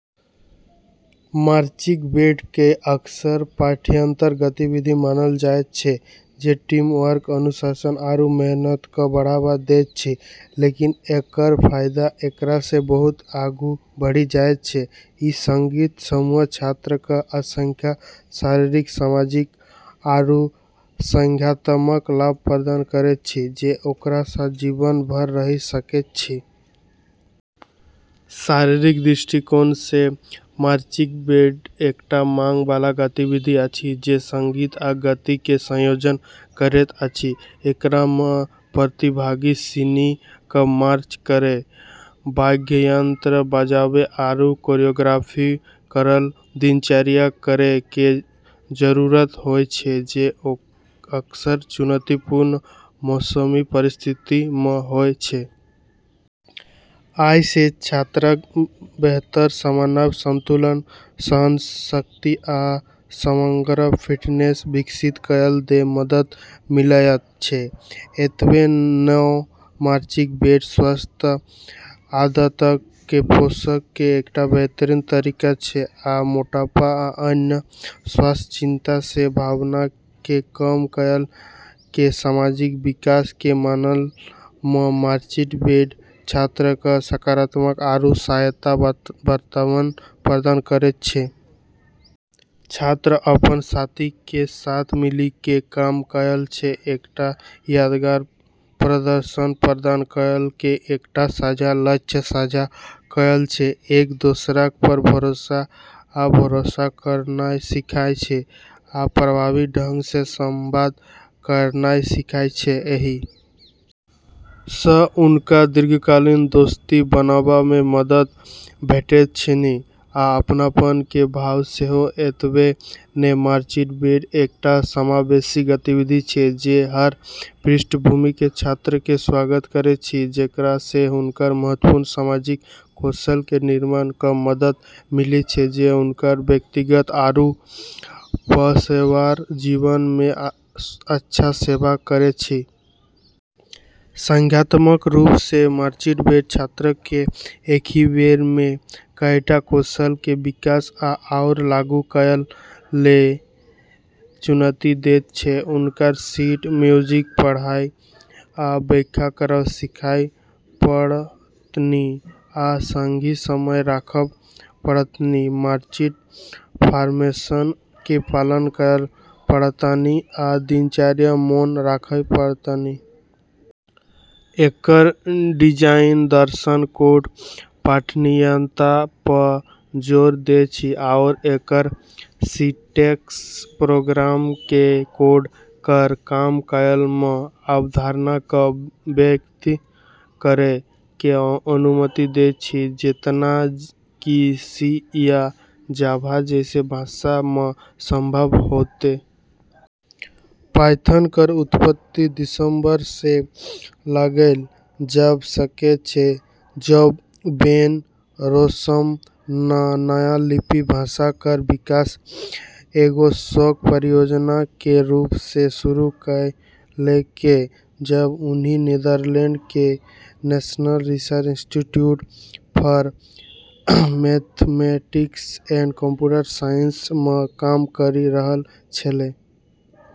Marching band कऽ अक्सर पाठ्येतर गतिविधि मानलऽ जाय छै जे टीम वर्क, अनुशासन, आरू मेहनत कऽ बढ़ावा दै छै, लेकिन एकरऽ फायदा एकरा सऽ बहुत आगू बढ़ी जाय छै। ई संगीत समूह छात्रऽ कऽ असंख्य शारीरिक, सामाजिक, आरू संज्ञानात्मक लाभ प्रदान करै छै जे ओकरा साथ जीवन भर रहि सकै छै। शारीरिक दृष्टिकोण सऽ मार्चिंग बैंड एकटा मांग वाला गतिविधि अछि जे संगीत आ गति क संयोजन करैत अछि। एकरा मऽ प्रतिभागी सिनी कऽ मार्च करै, वाद्ययंत्र बजाबै आरू कोरियोग्राफी करलऽ दिनचर्या करै के जरूरत होय छै, जे अक्सर चुनौतीपूर्ण मौसमी परिस्थिति मऽ होय छै। अइ सं छात्रक बेहतर समन्वय, संतुलन, सहनशक्ति, आ समग्र फिटनेस विकसित करय मे मदद मिलयत छै। एतबे नै, मार्चिंग बैंड स्वस्थ आदतक के पोषण के एकटा बेहतरीन तरीका छै, आ मोटापा आ अन्य स्वास्थ्य चिंता के संभावना के कम करय के सामाजिक विकास के मामला मऽ मार्चिंग बैंड छात्रऽ कऽ सकारात्मक आरू सहायक वातावरण प्रदान करै छै। छात्र अपन साथी के साथ मिलक क काम करय छै, एकटा यादगार प्रदर्शन प्रदान करय के एकटा साझा लक्ष्य साझा करय छै। एक दोसरा पर भरोसा आ भरोसा करनाय सीखय छै, आ प्रभावी ढंग सऽ संवाद करनाय सीखय छै। एहि सऽ हुनका दीर्घकालीन दोस्ती बनेबा मे मदद भेटैत छनि, आ अपनपन के भाव सेहो एतबे नै, मार्चिंग बैंड एकटा समावेशी गतिविधि छै जे हर पृष्ठभूमि के छात्रऽ के स्वागत करै छै, जेकरा सऽ हुनका महत्वपूर्ण सामाजिक कौशल के निर्माण मऽ मदद मिलै छै जे हुनकऽ व्यक्तिगत आरू पेशेवर जीवन म॑ अच्छा सेवा करै छै। संज्ञानात्मक रूप सऽ मार्चिंग बैंड छात्रक कें एकहि बेर मे कईटा कौशल कें विकास आ ओकरा लागू करय के लेल चुनौती देयत छै ।हुनका शीट म्यूजिक पढ़ब आ व्याख्या करब सीखय पड़तनि आ संगहि समय राखय पड़तनि, मार्चिंग फॉर्मेशन के पालन करय पड़तनि, आ दिनचर्या मोन राखय पड़तनि। एकरऽ डिजाइन दर्शन कोड पठनीयता पऽ जोर दै छै, आरू एकरऽ सिंटैक्स प्रोग्रामर कऽ कोड केरऽ कम लाइन मऽ अवधारणा कऽ व्यक्त करै के अनुमति दै छै, जेतना कि सी या जावा जैसनऽ भाषा मऽ संभव होतै। पायथन केरऽ उत्पत्ति दिसंबर सऽ लगैलऽ जाबऽ सकै छै, जब वैन रोसम नऽ नया लिपि भाषा केरऽ विकास एगो शौक परियोजना के रूप मऽ शुरू करलकै, जब हुनी नीदरलैंड केरऽ National Research Institute for Mathematics and Computer Science मऽ काम करी रहलऽ छेलै।